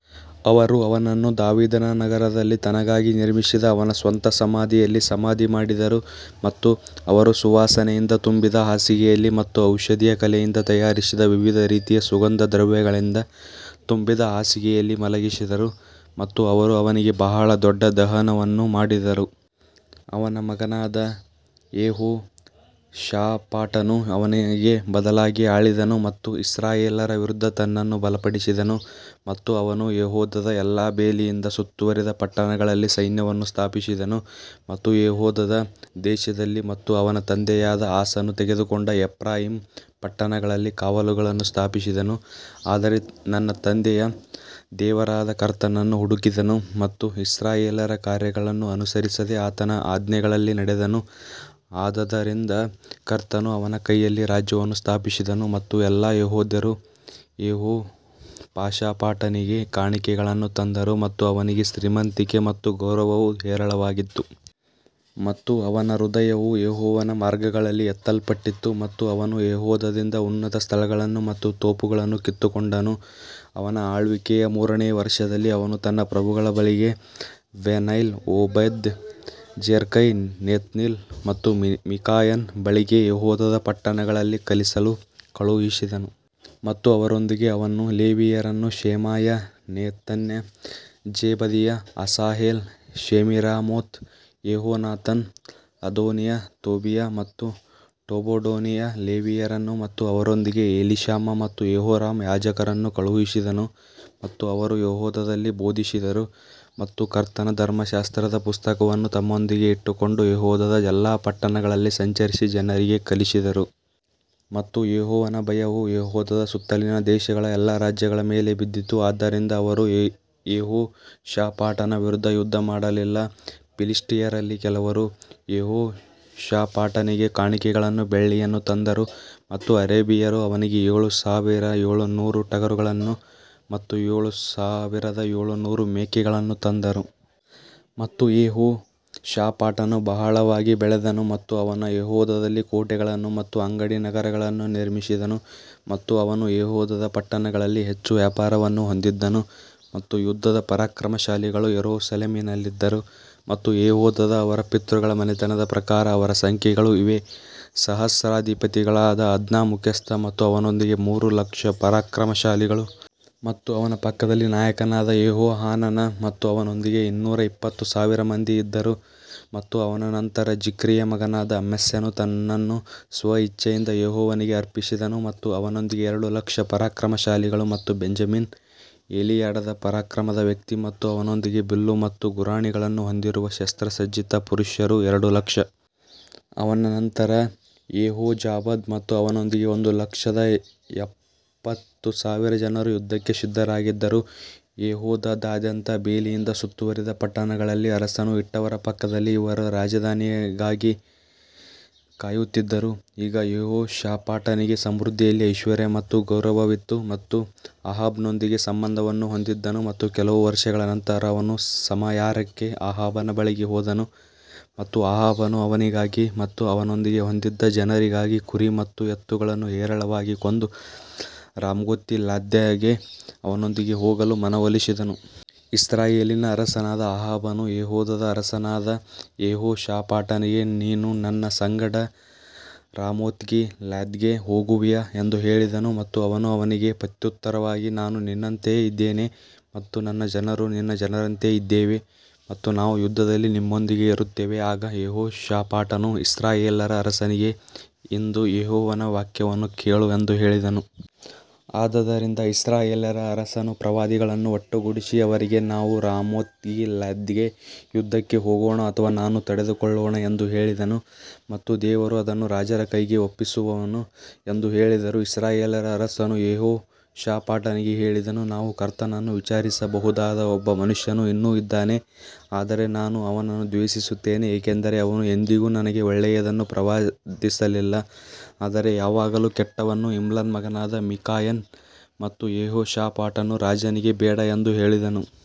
ಅವರು ಅವನನ್ನು ದಾವೀದನ ನಗರದಲ್ಲಿ ತನಗಾಗಿ ನಿರ್ಮಿಸಿದ ಅವನ ಸ್ವಂತ ಸಮಾಧಿಯಲ್ಲಿ ಸಮಾಧಿ ಮಾಡಿದರು ಮತ್ತು ಅವರು ಸುವಾಸನೆಯಿಂದ ತುಂಬಿದ ಹಾಸಿಗೆಯಲ್ಲಿ ಮತ್ತು ಔಷಧೀಯ ಕಲೆಯಿಂದ ತಯಾರಿಸಿದ ವಿವಿಧ ರೀತಿಯ ಸುಗಂಧ ದ್ರವ್ಯಗಳಿಂದ ತುಂಬಿದ ಹಾಸಿಗೆಯಲ್ಲಿ ಮಲಗಿಸಿದರು ಮತ್ತು ಅವರು ಅವನಿಗೆ ಬಹಳ ದೊಡ್ಡ ದಹನವನ್ನು ಮಾಡಿದರು. ಅವನ ಮಗನಾದ ಯೆಹೋಷಾಫಾಟನು ಅವನಿಗೆ ಬದಲಾಗಿ ಆಳಿದನು ಮತ್ತು ಇಸ್ರಾಯೇಲ್ಯರ ವಿರುದ್ಧ ತನ್ನನ್ನು ಬಲಪಡಿಸಿದನು ಮತ್ತು ಅವನು ಯೆಹೂದದ ಎಲ್ಲಾ ಬೇಲಿಯಿಂದ ಸುತ್ತುವರಿದ ಪಟ್ಟಣಗಳಲ್ಲಿ ಸೈನ್ಯವನ್ನು ಸ್ಥಾಪಿಸಿದನು ಮತ್ತು ಯೆಹೂದ ದೇಶದಲ್ಲಿ ಮತ್ತು ಅವನ ತಂದೆಯಾದ ಆಸನು ತೆಗೆದುಕೊಂಡ ಎಫ್ರಾಯೀಮ್ ಪಟ್ಟಣಗಳಲ್ಲಿ ಕಾವಲುಗಳನ್ನು ಸ್ಥಾಪಿಸಿದನು. ಆದರೆ ತನ್ನ ತಂದೆಯ ದೇವರಾದ ಕರ್ತನನ್ನು ಹುಡುಕಿದನು ಮತ್ತು ಇಸ್ರಾಯೇಲ್ಯರ ಕಾರ್ಯಗಳನ್ನು ಅನುಸರಿಸದೆ ಆತನ ಆಜ್ಞೆಗಳಲ್ಲಿ ನಡೆದನು ಆದದರಿಂದ ಕರ್ತನು ಅವನ ಕೈಯಲ್ಲಿ ರಾಜ್ಯವನ್ನು ಸ್ಥಾಪಿಸಿದನು ಮತ್ತು ಎಲ್ಲಾ ಯೆಹೂದ್ಯರು ಯೆಹೋಷಾಫಾಟನಿಗೆ ಕಾಣಿಕೆಗಳನ್ನು ತಂದರು ಮತ್ತು ಅವನಿಗೆ ಶ್ರೀಮಂತಿಕೆ ಮತ್ತು ಗೌರವವು ಹೇರಳವಾಗಿತ್ತು. ಮತ್ತು ಅವನ ಹೃದಯವು ಯೆಹೋವನ ಮಾರ್ಗಗಳಲ್ಲಿ ಎತ್ತಲ್ಪಟ್ಟಿತು ಮತ್ತು ಅವನು ಯೆಹೂದದಿಂದ ಉನ್ನತ ಸ್ಥಳಗಳನ್ನು ಮತ್ತು ತೋಪುಗಳನ್ನು ಕಿತ್ತುಕೊಂಡನು. ಅವನ ಆಳ್ವಿಕೆಯ ಮೂರನೆಯ ವರ್ಷದಲ್ಲಿ ಅವನು ತನ್ನ ಪ್ರಭುಗಳ ಬಳಿಗೆ ಬೆನ್ಹೈಲ್, ಓಬದ್ಯ, ಜೆಕರ್ಯ, ನೆತನೀಲ್ ಮತ್ತು ಮಿಕಾಯನ ಬಳಿಗೆ ಯೆಹೂದದ ಪಟ್ಟಣಗಳಲ್ಲಿ ಕಲಿಸಲು ಕಳುಹಿಸಿದನು. ಮತ್ತು ಅವರೊಂದಿಗೆ ಅವನು ಲೇವಿಯರನ್ನು ಶೆಮಾಯ, ನೆತನ್ಯ, ಜೆಬದೀಯ, ಅಸಾಹೇಲ್, ಶೆಮಿರಾಮೋತ್, ಯೆಹೋನಾಥನ್, ಅದೋನೀಯ, ತೋಬೀಯ ಮತ್ತು ಟೊಬಡೋನಿಯ ಲೇವಿಯರನ್ನು ಮತ್ತು ಅವರೊಂದಿಗೆ ಎಲಿಷಾಮ ಮತ್ತು ಯೆಹೋರಾಮ ಯಾಜಕರನ್ನು ಕಳುಹಿಸಿದನು. ಮತ್ತು ಅವರು ಯೆಹೂದದಲ್ಲಿ ಬೋಧಿಸಿದರು ಮತ್ತು ಕರ್ತನ ಧರ್ಮಶಾಸ್ತ್ರದ ಪುಸ್ತಕವನ್ನು ತಮ್ಮೊಂದಿಗೆ ಇಟ್ಟುಕೊಂಡು ಯೆಹೂದದ ಎಲ್ಲಾ ಪಟ್ಟಣಗಳಲ್ಲಿ ಸಂಚರಿಸಿ ಜನರಿಗೆ ಕಲಿಸಿದರು. ಮತ್ತು ಯೆಹೋವನ ಭಯವು ಯೆಹೂದದ ಸುತ್ತಲಿನ ದೇಶಗಳ ಎಲ್ಲಾ ರಾಜ್ಯಗಳ ಮೇಲೆ ಬಿದ್ದಿತು, ಆದ್ದರಿಂದ ಅವರು ಯೆಹೋಷಾಫಾಟನ ವಿರುದ್ಧ ಯುದ್ಧಮಾಡಲಿಲ್ಲ. ಫಿಲಿಷ್ಟಿಯರಲ್ಲಿ ಕೆಲವರು ಯೆಹೋಷಾಫಾಟನಿಗೆ ಕಾಣಿಕೆಗಳನ್ನು ಬೆಳ್ಳಿಯನ್ನು ತಂದರು ಮತ್ತು ಅರೇಬಿಯರು ಅವನಿಗೆ ಏಳು ಸಾವಿರದ ಏಳುನೂರು ಟಗರುಗಳನ್ನು ಮತ್ತು ಏಳು ಸಾವಿರದ ಏಳುನೂರು ಮೇಕೆಗಳನ್ನು ತಂದರು. ಮತ್ತು ಯೆಹೋಷಾಫಾಟನು ಬಹಳವಾಗಿ ಬೆಳೆದನು ಮತ್ತು ಅವನು ಯೆಹೂದದಲ್ಲಿ ಕೋಟೆಗಳನ್ನು ಮತ್ತು ಅಂಗಡಿ ನಗರಗಳನ್ನು ನಿರ್ಮಿಸಿದನು. ಮತ್ತು ಅವನು ಯೆಹೂದದ ಪಟ್ಟಣಗಳಲ್ಲಿ ಹೆಚ್ಚು ವ್ಯಾಪಾರವನ್ನು ಹೊಂದಿದ್ದನು ಮತ್ತು ಯುದ್ಧದ ಪರಾಕ್ರಮಶಾಲಿಗಳು ಯೆರೂಸಲೇಮಿನಲ್ಲಿದ್ದರು. ಮತ್ತು ಯೆಹೂದದ ಅವರ ಪಿತೃಗಳ ಮನೆತನದ ಪ್ರಕಾರ ಅವರ ಸಂಖ್ಯೆಗಳು ಇವೇ, ಸಹಸ್ರಾಧಿಪತಿಗಳಾದ ಅದ್ನಾ ಮುಖ್ಯಸ್ಥ ಮತ್ತು ಅವನೊಂದಿಗೆ ಮೂರು ಲಕ್ಷ ಪರಾಕ್ರಮಶಾಲಿಗಳು. ಮತ್ತು ಅವನ ಪಕ್ಕದಲ್ಲಿ ನಾಯಕನಾದ ಯೆಹೋಹಾನಾನ್ ಮತ್ತು ಅವನೊಂದಿಗೆ ಇನ್ನೂರ ಎಪ್ಪತ್ತು ಸಾವಿರ ಮಂದಿ ಇದ್ದರು ಮತ್ತು ಅವನ ನಂತರ ಜಿಕ್ರಿಯ ಮಗನಾದ ಅಮಸ್ಯನು ತನ್ನನ್ನು ಸ್ವಇಚ್ಛೆಯಿಂದ ಯೆಹೋವನಿಗೆ ಅರ್ಪಿಸಿದನು ಮತ್ತು ಅವನೊಂದಿಗೆ ಎರಡು ಲಕ್ಷ ಪರಾಕ್ರಮಶಾಲಿಗಳು ಮತ್ತು ಬೆಂಜಮಿನ್ ಎಲಿಯಾಡಾದ ಪರಾಕ್ರಮದ ವ್ಯಕ್ತಿ ಮತ್ತು ಅವನೊಂದಿಗೆ ಬಿಲ್ಲು ಮತ್ತು ಗುರಾಣಿಗಳನ್ನು ಹೊಂದಿರುವ ಶಸ್ತ್ರಸಜ್ಜಿತ ಪುರುಷರು ಎರಡು ಲಕ್ಷ. ಅವನ ನಂತರ ಯೆಹೋಜಾಬಾದ್ ಮತ್ತು ಅವನೊಂದಿಗೆ ಒಂದು ಲಕ್ಷದ ಎಪ್ಪತ್ತು ಸಾವಿರ ಜನರು ಯುದ್ಧಕ್ಕೆ ಸಿದ್ಧರಾಗಿದ್ದರು ಯೆಹೂದದಾದ್ಯಂತ ಬೇಲಿಯಿಂದ ಸುತ್ತುವರಿದ ಪಟ್ಟಣಗಳಲ್ಲಿ ಅರಸನು ಇಟ್ಟವರ ಪಕ್ಕದಲ್ಲಿ ಇವರು ರಾಜನಿಗಾಗಿ ಕಾಯುತ್ತಿದ್ದರು ಈಗ ಯೆಹೋಷಾಫಾಟನಿಗೆ ಸಮೃದ್ಧಿಯಲ್ಲಿ ಐಶ್ವರ್ಯ ಮತ್ತು ಗೌರವವಿತ್ತು ಮತ್ತು ಅಹಾಬನೊಂದಿಗೆ ಸಂಬಂಧವನ್ನು ಹೊಂದಿದ್ದನು ಮತ್ತು ಕೆಲವು ವರ್ಷಗಳ ನಂತರ ಅವನು ಸಮಾರ್ಯಕ್ಕೆ ಅಹಾಬನ ಬಳಿಗೆ ಹೋದನು ಮತ್ತು ಅಹಾಬನು ಅವನಿಗಾಗಿ ಮತ್ತು ಅವನೊಂದಿಗೆ ಹೊಂದಿದ್ದ ಜನರಿಗಾಗಿ ಕುರಿ ಮತ್ತು ಎತ್ತುಗಳನ್ನು ಹೇರಳವಾಗಿ ಕೊಂದು ರಾಮೋತ್ಗಿಲ್ಯಾದ್ಗೆ ಅವನೊಂದಿಗೆ ಹೋಗಲು ಮನವೊಲಿಸಿದನು. ಇಸ್ರಾಯೇಲಿನ ಅರಸನಾದ ಅಹಾಬನು ಯೆಹೂದದ ಅರಸನಾದ ಯೆಹೋಷಾಫಾಟನಿಗೆ ನೀನು ನನ್ನ ಸಂಗಡ ರಾಮೋತ್ಗಿಲ್ಯಾದ್ಗೆ ಹೋಗುವಿಯಾ ಎಂದು ಹೇಳಿದನು ಮತ್ತು ಅವನು ಅವನಿಗೆ ಪ್ರತ್ಯುತ್ತರವಾಗಿ ನಾನು ನಿನ್ನಂತೆಯೇ ಇದ್ದೇನೆ ಮತ್ತು ನನ್ನ ಜನರು ನಿನ್ನ ಜನರಂತೆ ಇದ್ದೇವೆ ಮತ್ತು ನಾವು ಯುದ್ಧದಲ್ಲಿ ನಿಮ್ಮೊಂದಿಗೆ ಇರುತ್ತೇವೆ. ಆಗ ಯೆಹೋಷಾಫಾಟನು ಇಸ್ರಾಯೇಲ್ಯರ ಅರಸನಿಗೆ ಇಂದು ಯೆಹೋವನ ವಾಕ್ಯವನ್ನು ಕೇಳು ಎಂದು ಹೇಳಿದನು. ಆದದರಿಂದ ಇಸ್ರಾಯೇಲ್ಯರ ಅರಸನು ಪ್ರವಾದಿಗಳನ್ನು ಒಟ್ಟುಗೂಡಿಸಿ ಅವರಿಗೆ ನಾವು ರಾಮೋತ್ಗಿಲ್ಯಾದ್ಗೆ ಯುದ್ಧಕ್ಕೆ ಹೋಗೋಣ ಅಥವಾ ನಾನು ತಡೆದುಕೊಳ್ಳೋಣ ಎಂದು ಹೇಳಿದನು ಮತ್ತು ದೇವರು ಅದನ್ನು ರಾಜರ ಕೈಗೆ ಒಪ್ಪಿಸುವನು ಎಂದು ಹೇಳಿದರು. ಇಸ್ರಾಯೇಲ್ಯರ ಅರಸನು ಯೆಹೋಷಾಫಾಟನಿಗೆ ಹೇಳಿದನು, ನಾವು ಕರ್ತನನ್ನು ವಿಚಾರಿಸಬಹುದಾದ ಒಬ್ಬ ಮನುಷ್ಯನು ಇನ್ನೂ ಇದ್ದಾನೆ ಆದರೆ ನಾನು ಅವನನ್ನು ದ್ವೇಷಿಸುತ್ತೇನೆ ಏಕೆಂದರೆ ಅವನು ಎಂದಿಗೂ ನನಗೆ ಒಳ್ಳೆಯದನ್ನು ಪ್ರವಾದಿಸಲಿಲ್ಲ ಆದರೆ ಯಾವಾಗಲೂ ಕೆಟ್ಟವನು ಇಮ್ಲನ ಮಗನಾದ ಮಿಕಾಯನೇ ಮತ್ತು ಯೆಹೋಷಾಫಾಟನು ರಾಜನಿಗೆ ಬೇಡ ಎಂದು ಹೇಳಿದನು.